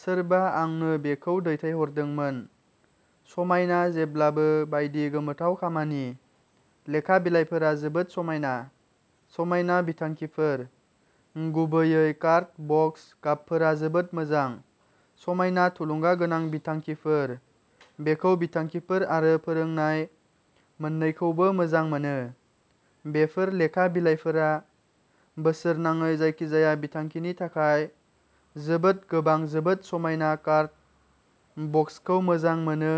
सोरबा आंनो बेखौ दैथायहरदोंमोन। समायना जेब्लाबो बायदि गोमोथाव खामानि। लेखा बिलाइफोरा जोबोद समायना,। समायना बिथांखिफोर-गुबैयै कार्ड बक्स गाबफोरा जोबोद मोजां। समायना थुलुंगा गोनां बिथांखिफोर। बेफोर बिथांखिफोर आरो फोरोंनाय मोन्नैखौबो मोजां मोनो। बेफोर लेखा बिलाइफोरा बोसोरनाङै जायखिजाया बिथांखिनि थाखाय जोबोद गोबां जोबोद समायना कार्ड बक्सखौ मोजां मोनो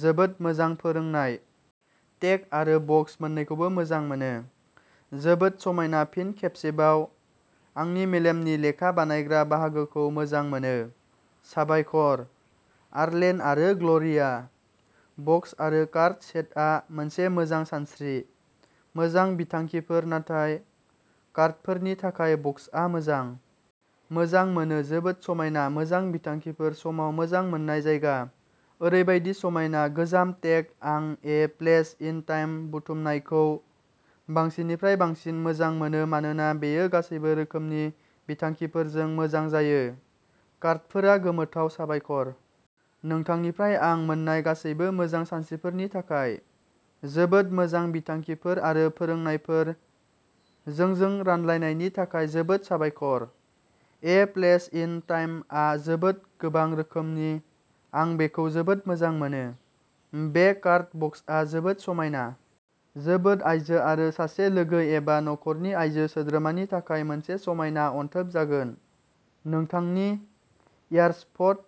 जोबोद मोजां फोरोंनाय। टेग आरो बक्स मोन्नैखौबो मोजां मोनो। जोबोद समायना फिन खेबसेबाव, आंनि मेलेमनि लेखा बानायग्रा बाहागोखौ मोजां मोनो। साबायखर, आर्लेन आरो ग्ल'रिया। बक्स आरो कार्ड सेटआ मोनसे मोजां सानस्रि। मोजां बिथांखिफोर नाथाय कार्डफोरनि थाखाय बक्सआ मोजां। मोजां मोनो-जोबोद समायना मोजां बिथांखिफोर समाव मोजां मोन्नाय जायगा। ओरैबायदि समायना गोजाम टेग आं ए प्लेस इन टाइम बुथुमनायखौ बांसिननिफ्राय बांसिन मोजां मोनो मानोना बेयो गासैबो रोखोमनि बिथांखिफोरजों मोजां जायो। कार्डफोरा गोमोथाव, साबायखर। नोंथांनिफ्राय आं मोन्नाय गासैबो मोजां सानस्रिफोरनि थाखाय। जोबोद मोजां बिथांखिफोर आरो फोरोंनायफोर-जोंजों रानलायनायनि थाखाय जोबोद साबायखर। ए प्लेस इन टाइम आ जोबोद गोबां रोखोमनि आं बेखौ जोबोद मोजां मोनो। बे कार्ड बक्सआ जोबोद समायना। जोबोद आइजो आरो सासे लोगो एबा नखरनि आइजो सोद्रोमानि थाखाय मोनसे समायना अनथोब जागोन। नोंथांनि एयारसफ्ट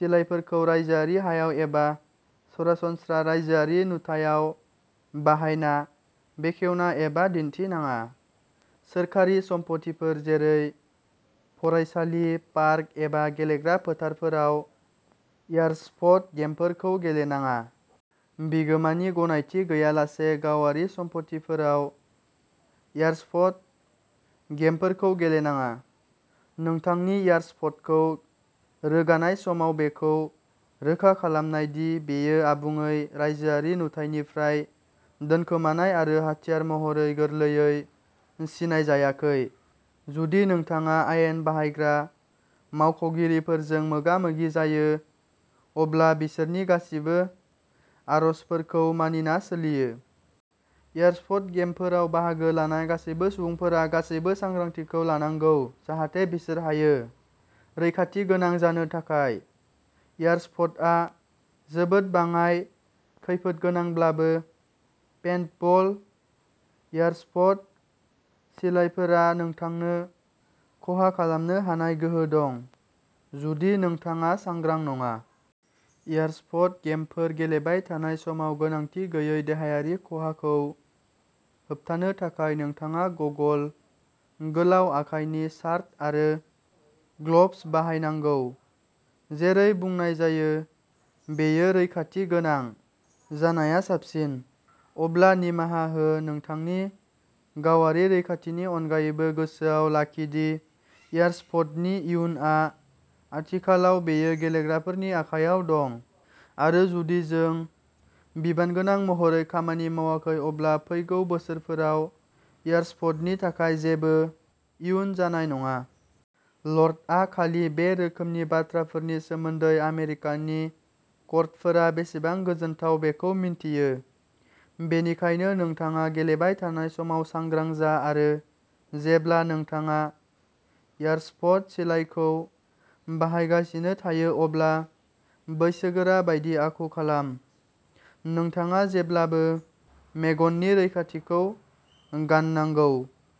सिलाइफोरखौ रायजोआरि हायाव एबा सरासनस्रा राइजोआरि नुथायाव बाहायना, बेखेवना एबा दिन्थिनाङा। सोरखारि सम्पथिफोर जेरै फरायसालि, पार्क एबा गेलेग्रा फोथारफोराव एयारसफ्ट गेमफोरखौ गेलेनाङा। बिगोमानि गनायथि गैयालासे गावारि सम्पथिफोराव एयारसफ्ट गेमफोरखौ गेलेनाङा। नोंथांनि एयारसफ्टखौ रोगानाय समाव बेखौ रोखा खालाम दि बेयो आबुङै राइजोआरि नुथाइनिफ्राय दोनखोमानाय आरो हाथियार महरै गोरलैयै सिनायजायाखै। जुदि नोंथाङा आयेन बाहायग्रा मावख'गिरिफोरजों मोगा-मोगि जायो, अब्ला बिसोरनि गासिबो आर'जफोरखौ मानिना सोलियो। एयारसफ्ट गेमफोराव बाहागो लानाय गासैबो सुबुंफोरा गासैबो सांग्रांथिखौ लानांगौ, जाहाथे बिसोर हायो। रैखाथि गोनां जानो थाखाय। एयारसफ्टआ जोबोद बाङाइ खैफोदगोनांब्लाबो, पेन्टबल एयारसफ्ट सिलाइफोरा नोंथांनो खहा खालामनो हानाय गोहो दं, जुदि नोंथाङा सांग्रां नङा। एयारसफ्ट गेमफोर गेलेबाय थानाय समाव गोनांथि गैयै देहायारि खहाखौ होबथानो थाखाय नोंथाङा गगल, गोलाव आखाइनि सार्ट आरो ग्लब्स बाहायनांगौ। जेरै बुंनाय जायो, बेयो रैखाथि गोनां जानाया साबसिन, अब्ला निमाहा हो नोंथांनि गावारि रैखाथिनि अनगायैबो गोसोआव लाखि दि एयारसफ्टनि इयुनआ आथिखालाव बेखौ गेलेग्राफोरनि आखायाव दं, आरो जुदि जों बिबानगोनां महरै खामानि मावाखै अब्ला फैगौ बोसोरफोराव एयारसफ्टनि थाखाय जेबो इयुन जानाय नङा। लर्डआ खालि बे रोखोमनि बाथ्राफोरनि सोमोन्दै आमेरिकानि कर्टफोरा बेसेबां गोजोनथाव बेखौ मिन्थियो, बेनिखायनो नोंथाङा गेलेबाय थानाय समाव सांग्रां जा आरो जेब्ला नोंथाङा एयारसफ्ट सिलाइखौ बाहायगासिनो थायो अब्ला बैसोगोरा बायदि आखु खालाम। नोंथाङा जेब्लाबो मेगननि रैखाथिखौ गाननांगौ।